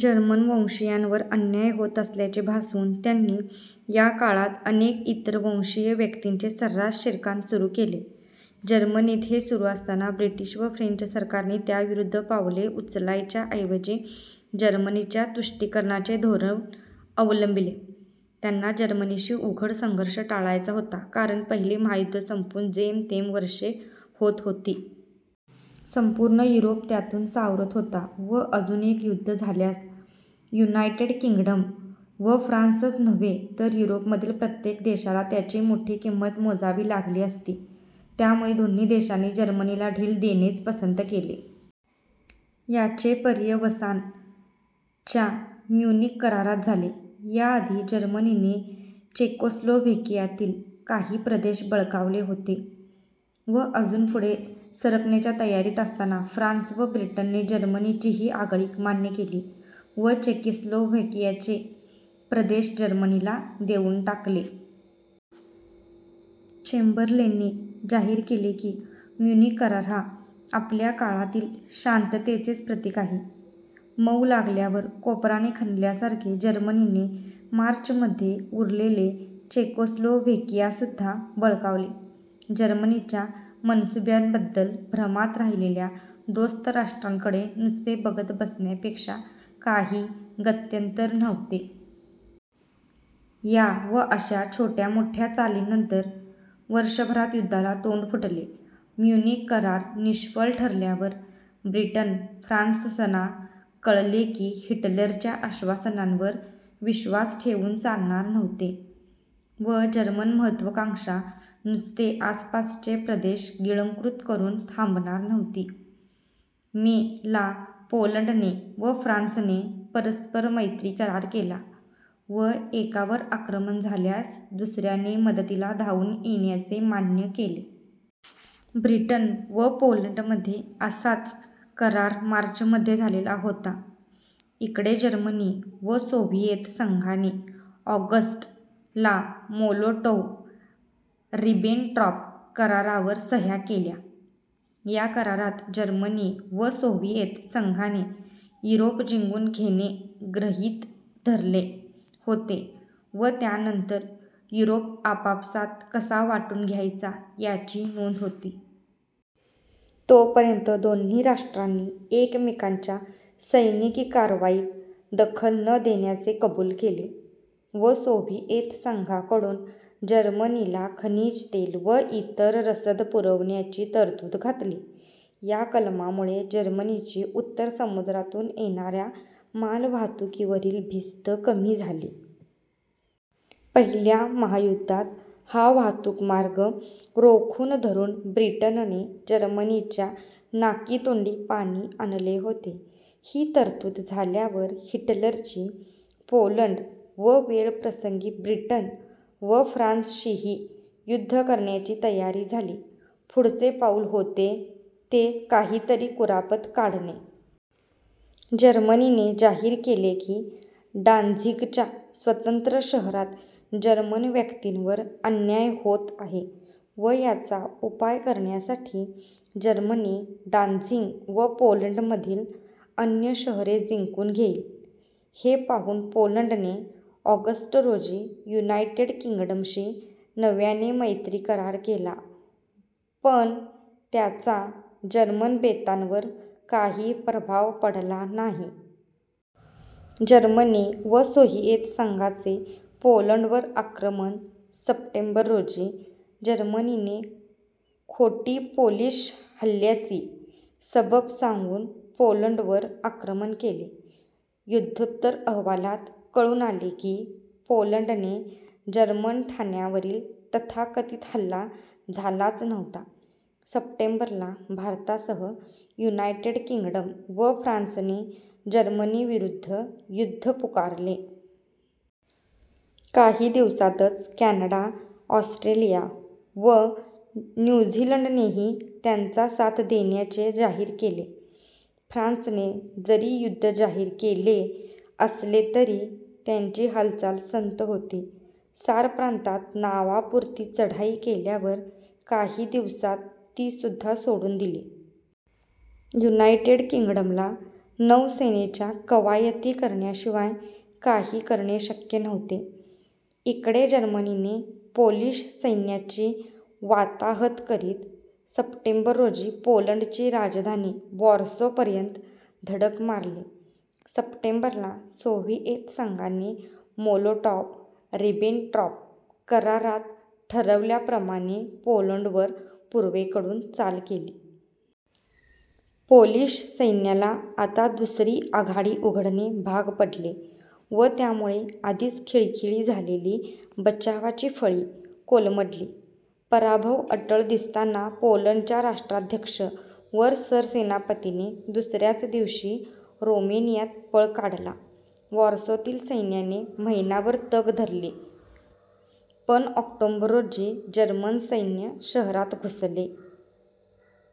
जर्मनवंशीयांवर अन्याय होत असल्याचे भासवून त्यांनी याकाळात अनेक इतरवंशीय व्यक्तींचे सर्रास शिरकाण सुरू केले. जर्मनीत हे सुरू असताना ब्रिटिश व फ्रेंच सरकारने त्याविरुद्ध पावले उचलायच्या ऐवजी जर्मनीच्या तुष्टीकरणाचे धोरण अवलंबिले. त्यांना जर्मनीशी उघड संघर्ष टाळायचा होता कारण पहिले महायुद्ध संपून जेमतेम वर्षे होत होती. संपूर्ण युरोप त्यातून सावरत होता व अजून एक युद्ध झाल्यास युनायटेड किंग्डम व फ्रान्सच नव्हे तर युरोपमधील प्रत्येक देशाला त्याची मोठी किंमत मोजावी लागली असती. त्यामुळे दोन्ही देशांनी जर्मनीला ढील देणेच पसंत केले. याचे पर्यवसान च्या म्युनिक करारात झाले. याआधी जर्मनीने चेकोस्लोव्हेकियातील काही प्रदेश बळकावले होते व अजून पुढे सरकण्याच्या तयारीत असताना फ्रान्स व ब्रिटनने जर्मनीची ही आगळीक मान्य केली व चेकोस्लोव्हेकियाचे प्रदेश जर्मनीला देऊन टाकले. चेम्बरलेनने जाहीर केले की म्युनिक करार हा "आपल्या काळातील शांततेचेच प्रतीक" आहे. मऊ लागल्यावर कोपराने खणल्यासारखे जर्मनीने मार्च मध्ये उरलेले चेकोस्लोव्हेकियासुद्धा बळकावले. जर्मनीच्या मनसूब्यांबद्दल भ्रमात राहिलेल्या दोस्त राष्ट्रांकडे नुसते बघत बसण्यापेक्षा काही गत्यंतर नव्हते. या व अशा छोट्या-मोठ्या चालींनंतर वर्षभरात युद्धाला तोंड फुटले. म्युनिक करार निष्फळ ठरल्यावर ब्रिटन/फ्रान्ससना कळले की हिटलरच्या आश्वासनांवर विश्वास ठेवून चालणार नव्हते व जर्मन महत्त्वाकांक्षा नुसते आसपासचे प्रदेश गिळंकृत करून थांबणार नव्हती. मे, ला पोलंडने व फ्रान्सने परस्पर-मैत्री करार केला व एकावर आक्रमण झाल्यास दुसऱ्याने मदतील धावून येण्याचे मान्य केले. ब्रिटन व पोलंडमध्ये असाच करार मार्चमध्ये झालेला होता. इकडे जर्मनी व सोव्हिएत संघाने ऑगस्ट, ला मोलोटोव्ह-रिबेनट्रॉप करारावर सह्या केल्या. या करारात जर्मनी व सोव्हिएत संघाने युरोप जिंकून घेणे गृहित धरले होते व त्यानंतर युरोप आपापसात कसा वाटून घ्यायचा याची नोंद होती. तोपर्यंत दोन्ही राष्ट्रांनी एकमेकांच्या सैनिकी कार्रवाईत दखल न देण्याचे कबूल केले व सोव्हिएत संघाकडून जर्मनीला खनिज तेल व इतर रसद पुरवण्याची तरतूद घातली. या कलमामुळे जर्मनीची उत्तर समुद्रातून येणाऱ्या मालवाहतूकीवरील भीस्त कमी झाली. पहिल्या महायुद्धात हा वाहतूकमार्ग रोखून धरून ब्रिटनने जर्मनीच्या नाकीतोंडी पाणी आणले होते. ही तरतूद झाल्यावर हिटलरची पोलंड व वेळप्रसंगी ब्रिटन व फ्रान्सशीही युद्ध करण्याची तयारी झाली. पुढचे पाउल होते ते काहीतरी कुरापत काढणे. जर्मनीने जाहीर केले की डान्झिगच्या स्वतंत्र शहरात जर्मन व्यक्तींवर अन्याय होत आहे व याचा उपाय करण्यासाठी जर्मनी डान्झिग व पोलंडमधील अन्य शहरे जिंकून घेईल. हे पाहून पोलंड ने ऑगस्ट रोजी युनायटेड किंग्डमशी नव्याने मैत्री करार केला, पण त्याचा जर्मन बेतांवर काही प्रभाव पडला नाही. जर्मनी व सोव्हिएत संघाचे पोलंडवर आक्रमण सप्टेंबर, रोजी जर्मनीने खोटी पोलिश हल्ल्याची सबब सांगून पोलंडवर आक्रमण केले. युद्धोत्तर अहवालात कळून आले की पोलंडने जर्मन ठाण्यावरील तथाकथित हल्ला झालाच नव्हता. सप्टेंबर ला भारतासह युनायटेड किंग्डम व फ्रान्सने जर्मनीविरुद्ध युद्ध पुकारले. काही दिवसातच कॅनडा, ऑस्ट्रेलिया व न्यू झीलंडनेही त्यांचा साथ देण्याचे जाहीर केले. फ्रान्सने जरी युद्ध जाहीर केले असले तरी त्यांची हालचाल संथ होती. सार प्रांतात नावापुरती चढाई केल्यावर काही दिवसात तीसुद्धा सोडून दिली. युनायटेड किंग्डमला नौसेनेच्या कवायती करण्याशिवाय काही करणे शक्य नव्हते. इकडे जर्मनीने पोलिश सैन्याची वाताहत करीत सप्टेंबर रोजी पोलंडची राजधानी वॉर्सोपर्यंत धडक मारली. सप्टेंबर ला सोव्हिएत संघाने मोलोटॉव्ह-रिबेनट्रॉप करारात ठरवल्याप्रमाणे पोलंडवर पूर्वेकडून चाल केली. पोलिश सैन्याला आता दुसरी आघाडी उघडणे भाग पडले व त्यामुळे आधीच खिळखिळी झालेली बचावाची फळी कोलमडली. पराभव अटळ दिसताना पोलंडच्या राष्ट्राध्यक्ष व सरसेनापतीने दुसऱ्याच दिवशी रोमेनियात पळ काढला. वॉर्सोतील सैन्याने महिनाभर तग धरली पण ऑक्टोबर रोजी जर्मन सैन्य शहरात घुसले.